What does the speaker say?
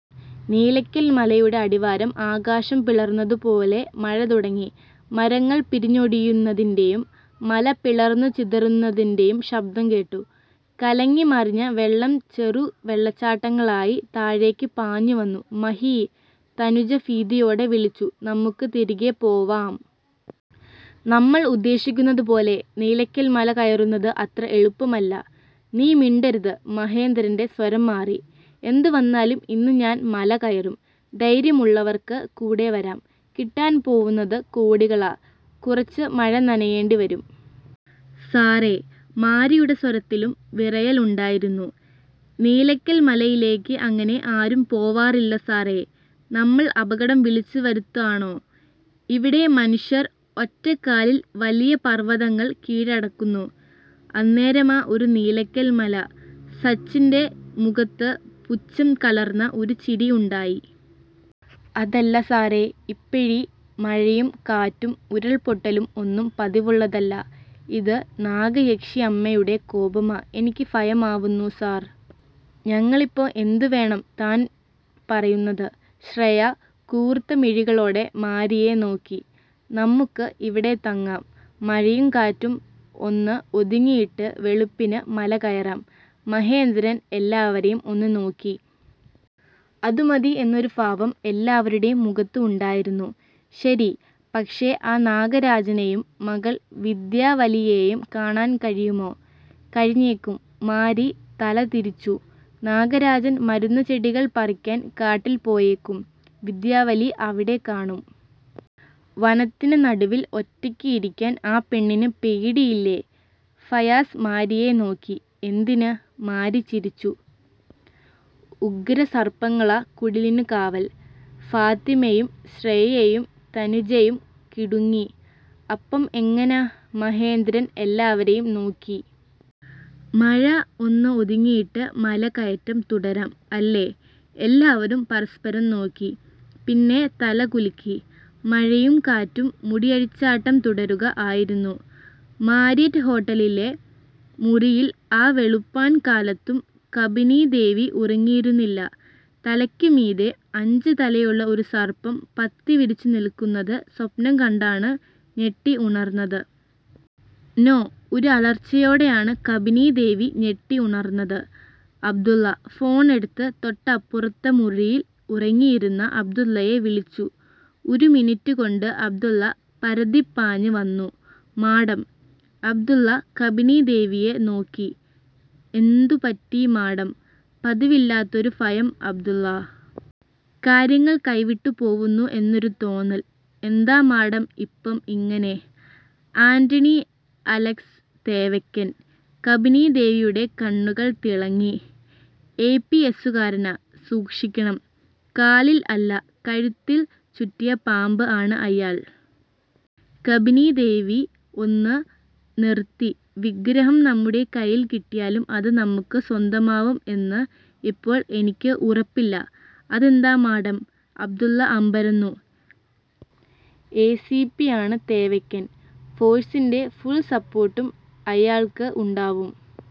നീലക്കൽ മലയുടെ അടിവാരം ആകാശം പിളർന്നതു പോലെ മഴ തുടങ്ങി. മരങ്ങൾ പിരിഞ്ഞൊടിയുന്നതിന്റെയും മല പിളർന്നു ചിതറുന്നതിന്റെയും ശബദം കേട്ടു. കലങ്ങി മറിഞ്ഞ വെള്ളം ചെറു വെള്ളച്ചാട്ടങ്ങളായി താഴേക്ക് പാഞ്ഞു വന്നു. " മഹീ " തനുജ ഭീതിയോടെ വിളിച്ചു. " നമ്മുക്ക് തിരികെ പോവാം. നമ്മൾ ഉദ്ദേശിക്കുന്നതു പോലെ നീലക്കൽ മല കയറുന്നത് അത്ര എളുപ്പമല്ല "" നീ മിണ്ടരുത് " മഹേന്ദ്രന്റെ സ്വരം മാറി. " എന്തു വന്നാലും ഇന്നു ഞാൻ മല കയറും. ധൈര്യമുള്ളവർക്ക് കൂടെ വരാം. കിട്ടാൻ പോവുന്നത് കോടികളാ. കുറച്ച് മഴ നനയേണ്ടി വരും. "" സാറേ " മാരിയുടെ സ്വരത്തിലും വിറയൽ ഉണ്ടായിരുന്നു. '' നീലക്കൽ മലയിലേക്ക് അങ്ങനെ ആരും പോവാറില്ല സാറേ നമ്മള് അപകടം വിളിച്ച് വരുത്തണോ? "" ഇവിടെ മനുഷ്യർ ഒറ്റക്കാലിൽ വല്യ പർവ്വതങ്ങൾ കീഴടക്കുന്നു. അന്നേരമാ ഒരു നീലക്കൽ മല. " സച്ചിന്റെ മുഖത്ത് പുശ്ചം കലർന്ന ഒരു ചിരി ഉണ്ടായി. " അതല്ല സാറേ ഇപ്പഴീ മഴയും കാറ്റും ഉരുൾപൊട്ടലും ഒന്നും പതിവുള്ളതല്ല. ഇത് നാഗയക്ഷിയമ്മയുടെ കോപമാ. എനക്ക് ഭയമാവുന്നു സാർ "" ഞങ്ങളിപ്പം എന്തു വേണം താൻ പറയുന്നത്? " ശ്രേയ കൂർത്ത മിഴികളോടെ മാരിയെ നോക്കി. " നമ്മുക്ക് ഇവിടെ തങ്ങാം. മഴയും കാറ്റും ഒന്ന് ഒതുങ്ങിയിട്ട് വെളുപ്പിന് മല കയറാം " മഹേന്ദ്രൻ എല്ലാവരെയും ഒന്നു നോക്കി. അതു മതി എന്നൊരു ഭാവം എല്ലാവരുടെയും മുഖത്ത് ഉണ്ടായിരുന്നു. " ശരി. പക്ഷേ, ആ നാഗരാജനെയും മകൾ വിന്ധ്യാ വലിയെയും കാണാൻ കഴിയുമോ? "" കഴിഞ്ഞേക്കും " മാരി തല തിരിച്ചു " നാഗരാജൻ മരുന്ന് ചെടികൾ പറിക്കാൻ കാട്ടിൽ പോയേക്കും. വിന്ധ്യാവലി അവിടെ കാണും. "" വനത്തിന് നടുവിൽ ഒറ്റയ്ക്ക് ഇരിക്കാൻ ആ പെണ്ണിന് പേടിയില്ലേ? " ഫയാസ് മാരിയെ നോക്കി. " എന്തിന്? " മാരി ചിരിച്ചു. " ഉഗ്രസർപ്പങ്ങളാ കുടിലിനു കാവൽ " ഫാത്തിമയും ശ്രേയയും തനുജയും കിടുങ്ങി. " അപ്പം എങ്ങനാ " മഹേന്ദ്രൻ എല്ലാവരെയും നോക്കി. " മഴ ഒന്ന് ഒതുങ്ങീട്ട് മല കയറ്റം തുടരാം. അല്ലേ? " എല്ലാവരും പരസ്പരം ഒന്നു നോക്കി. പിന്നെ, തല കുലുക്കി. മഴയും കാറ്റും മുടിയഴിച്ചാട്ടം തുടരുക ആയിരുന്നു. മാരിയറ്റ് ഹോട്ടലിലെ മുറിയിൽ ആ വെളുപ്പാൻ കാലത്തും കബനീ ദേവി ഉറങ്ങിയിരുന്നില്ല. തലയ്ക്ക് മീതെ, അഞ്ച് തലയുള്ള ഒരു സർപ്പം പത്തി വിരിച്ച് നിൽക്കുന്നത് സ്വപ്നം കണ്ടാണ് ഞെട്ടി ഉണർന്നത്. " നോ. " ഒരു അലർച്ചയോടെയാണ് കബനീ ദേവി ഞെട്ടി ഉണർന്നത്. " അബ്ദുള്ള " ഫോണെടുത്ത് തൊട്ടപ്പുറത്തെ മുറിയിൽ ഉറങ്ങിയിരുന്ന അബ്ദുള്ളയെ വിളിച്ചു. ഒരു മിനിറ്റ് കൊണ്ട് അബ്ദുള്ള പരതിപ്പാഞ്ഞ് വന്നു. " മാഡം " അബ്ദുള്ള കബനീ ദേവിയെ നോക്കി. " എന്തു പറ്റി മാഡം ''" പതിവില്ലാത്തൊരു ഭയം അബ്ദുള്ള. കാര്യങ്ങൾ കൈവിട്ട് പോവുന്നു എന്നൊരു തോന്നൽ "" എന്താ മാഡം ഇപ്പം ഇങ്ങനെ ''" ആൻറണി അലക്സ് തേവയ്ക്കൻ " കബനീ ദേവിയുടെ കണ്ണുകൾ തിളങ്ങി. " ഐ. പി. എസ്സുകാരനാ. സൂക്ഷിക്കണം. കാലിൽ അല്ല കഴുത്തിൽ ചുറ്റിയ പാമ്പ് ആണ് അയാൾ. " കബനീ ദേവി ഒന്നു നിർത്തി. " വിഗ്രഹം നമ്മുടെ കൈയിൽ കിട്ടിയാലും അത് നമ്മുക്ക് സ്വന്തമാവും എന്ന് ഇപ്പോൾ എനിക്ക് ഉറപ്പില്ല. "" അതെന്താ മാഡം? " അബ്ദുള്ള അമ്പരന്നു. '' എ. സി. പിയാണ് തേവയ്ക്കൻ. ഫോഴ്സിന്റെ ഫുൾ സപ്പോർട്ടും അയാൾക്ക് ഉണ്ടാവും.